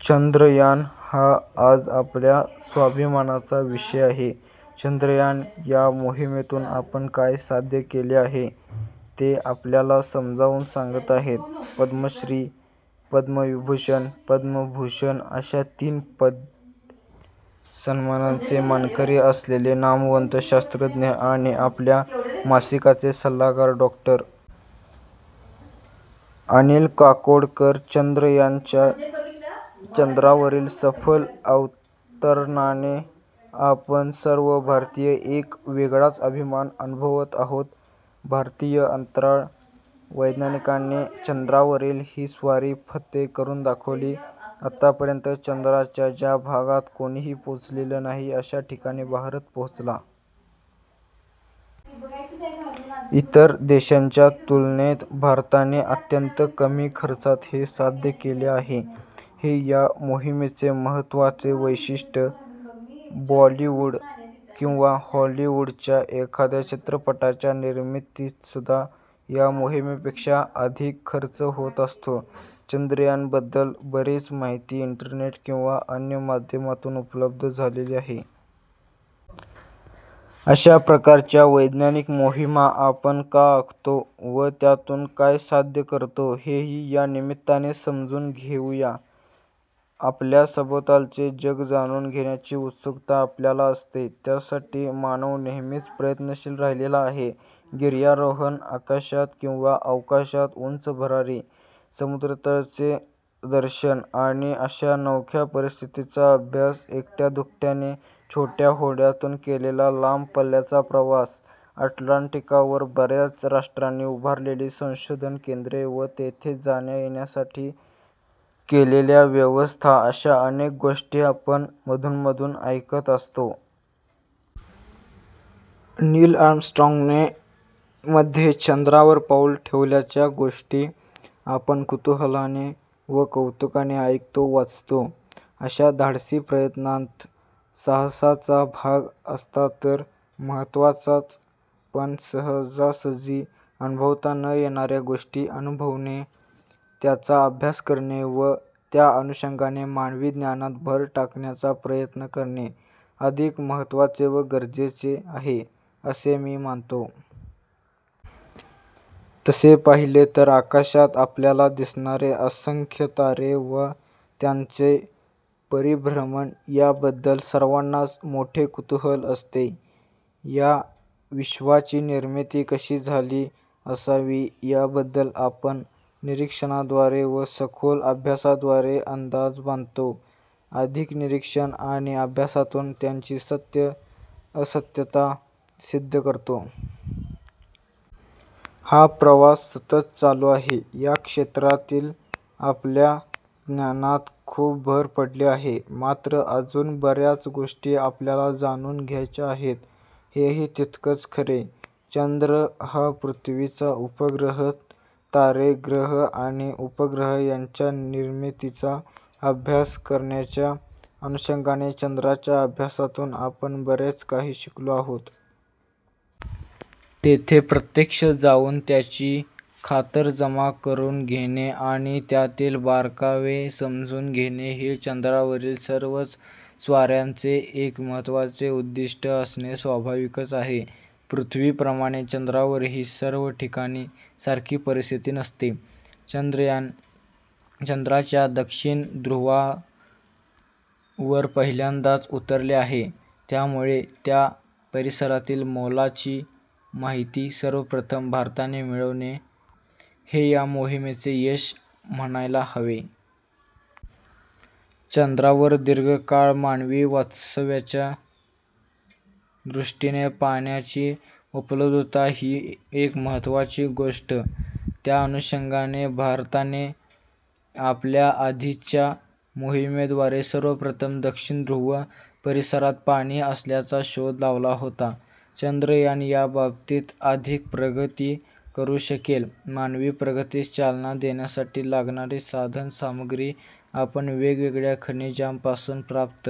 'चांद्रयान- ' हा आज आपल्या अभिमानाचा विषय आहे. 'चांद्रयान- ' या मोहिमेतून आपण काय साध्य केले आहे ते आपल्याला समजावून सांगत आहेत, पद्मश्री, पद्मविभूषण, पद्मभूषण अशा तीन पद्म सन्मानांचे मानकरी असलेले नामवंत शास्त्रज्ञ आणि आपल्या मासिकाचे सल्लागार डॉ. अनिल काकोडकर! 'चांद्रयान- 'च्या चंद्रावरील सफल अवतरणाने आपण सर्व भारतीय एक वेगळाच अभिमान अनुभवत आहोत. भारतीय अंतराळ वैज्ञानिकांनी चंद्रावरील ही स्वारी फत्ते करून दाखवली. आतापर्यंत चंद्राच्या ज्या भागात कोणीही पोहोचलेलं नाही, अशा ठिकाणी भारत पोहोचला. इतर देशांच्या तुलनेत भारताने अत्यंत कमी खर्चात हे साध्य केले आहे, हे या मोहिमेचे महत्त्वाचे वैशिष्ट्य! बॉलिवूड किंवा हॉलिवूडच्या एखाद्या चित्रपटाच्या निर्मितीतसुद्धा या मोहिमेपेक्षा अधिक खर्च होत असतो. 'चांद्रयान- ' बद्दल बरीच माहिती इंटरनेट किंवा अन्य माध्यमातून उपलब्ध झालेली आहे. अशा प्रकारच्या वैज्ञानिक मोहिमा आपण का आखतो व त्यातून काय साध्य करतो, हेही या निमित्ताने समजून घेऊ या. आपल्या सभोवतालचे जग जाणून घेण्याची उत्सुकता आपल्याला असते. त्यासाठी मानवनेहमीच प्रयत्नशील राहिलेला आहे. गिर्यारोहण, आकाशात किंवा अवकाशात उंच भरारी, समुद्रतळाचे दर्शन आणि अशा नवख्या परिस्थितीचा अभ्यास, एकट्या-दुकट्याने छोट्या होड्यांतून केलेला लांब पल्ल्याचा प्रवास, अंटार्क्टिकावर बऱ्याच राष्ट्रांनी उभारलेली संशोधन केंद्रे व तेथे जाण्या-येण्यासाठी केलेल्या व्यवस्था अशा अनेक गोष्टी आपण मधूनमधून ऐकत असतो. नील आर्मस्ट्राँगने मध्ये चंद्रावर पाऊल ठेवल्याच्या गोष्टी आपण कुतूहलाने व कौतुकाने ऐकतो, वाचतो. अशा धाडसीप्रयत्नांत साहसाचा भाग तर महत्त्वाचाच, पण सहजासहजी अनुभवता न येणाऱ्या गोष्टी अनुभवणे, त्यांचा अभ्यास करणे व त्या अनुषंगाने मानवी ज्ञानात भर टाकण्याचा प्रयत्न करणे अधिक महत्त्वाचे व गरजेचे आहे, असे मी मानतो. तसे पाहिले तर आकाशात आपल्याला दिसणारे असंख्यतारे व त्यांचं परिभ्रमण याबद्दल सर्वांनाच मोठे कुतूहल असते. या विश्वाचीनिर्मिती कशी झाली असावी याबद्दल आपण निरीक्षणाद्वारे व सखोल अभ्यासाद्वारे अंदाजबांधतो. अधिक निरीक्षण आणि अभ्यासातून त्यांची सत्य-असत्यता सिद्ध करतो. हा प्रवास सतत चालू आहे. या क्षेत्रातीलआपल्या ज्ञानात खूप भर पडली आहे, मात्र अजून बऱ्याचगोष्टी आपल्याला जाणून घ्यायच्या आहेत, हेही तितकेच खरे. चंद्र हा पृथ्वीचा उपग्रह. तारे, ग्रह आणि उपग्रह यांच्या निर्मितीचाअभ्यास करण्याच्या अनुषंगाने चंद्राच्या अभ्यासातून आपण बरेच काही शिकलो आहोत. तेथे प्रत्यक्ष जाऊन त्याची खातरजमाकरून घेणे आणि त्यातील बारकावे समजून घेणे, हे चंद्रावरील सर्वच स्वाऱ्यांचे एक महत्त्वाचे उद्दिष्ट असणे स्वाभाविकच आहे. पृथ्वीप्रमाणे चंद्रावरही सर्वठिकाणी सारखी परिस्थिती नसते. 'चांद्रयान- ' चंद्राच्या दक्षिण ध्रुवावरपहिल्यांदाच उतरले आहे, त्यामुळे त्या परिसरातील मोलाची माहिती सर्वप्रथम भारताने मिळवणे, हे या मोहिमेचे महत्त्वाचे यश म्हणायला हवे. चंद्रावर दीर्घकाळ मानवी वास्तव्याच्या दृष्टीने पाण्याची उपलब्धता ही एकमहत्त्वाची गोष्ट. त्याअनुषंगाने भारताने आपल्या आधीच्या मोहिमेद्वारे सर्वप्रथम दक्षिण ध्रुव परिसरात पाणी असल्याचा शोध लावला होता. 'चांद्रयान- ' याबाबतीत अधिक प्रगती करू शकेल. मानवी प्रगतीस चालना देण्यासाठी लागणारी साधनसामग्री आपण वेगवेगळ्याखनिजांपासून प्राप्त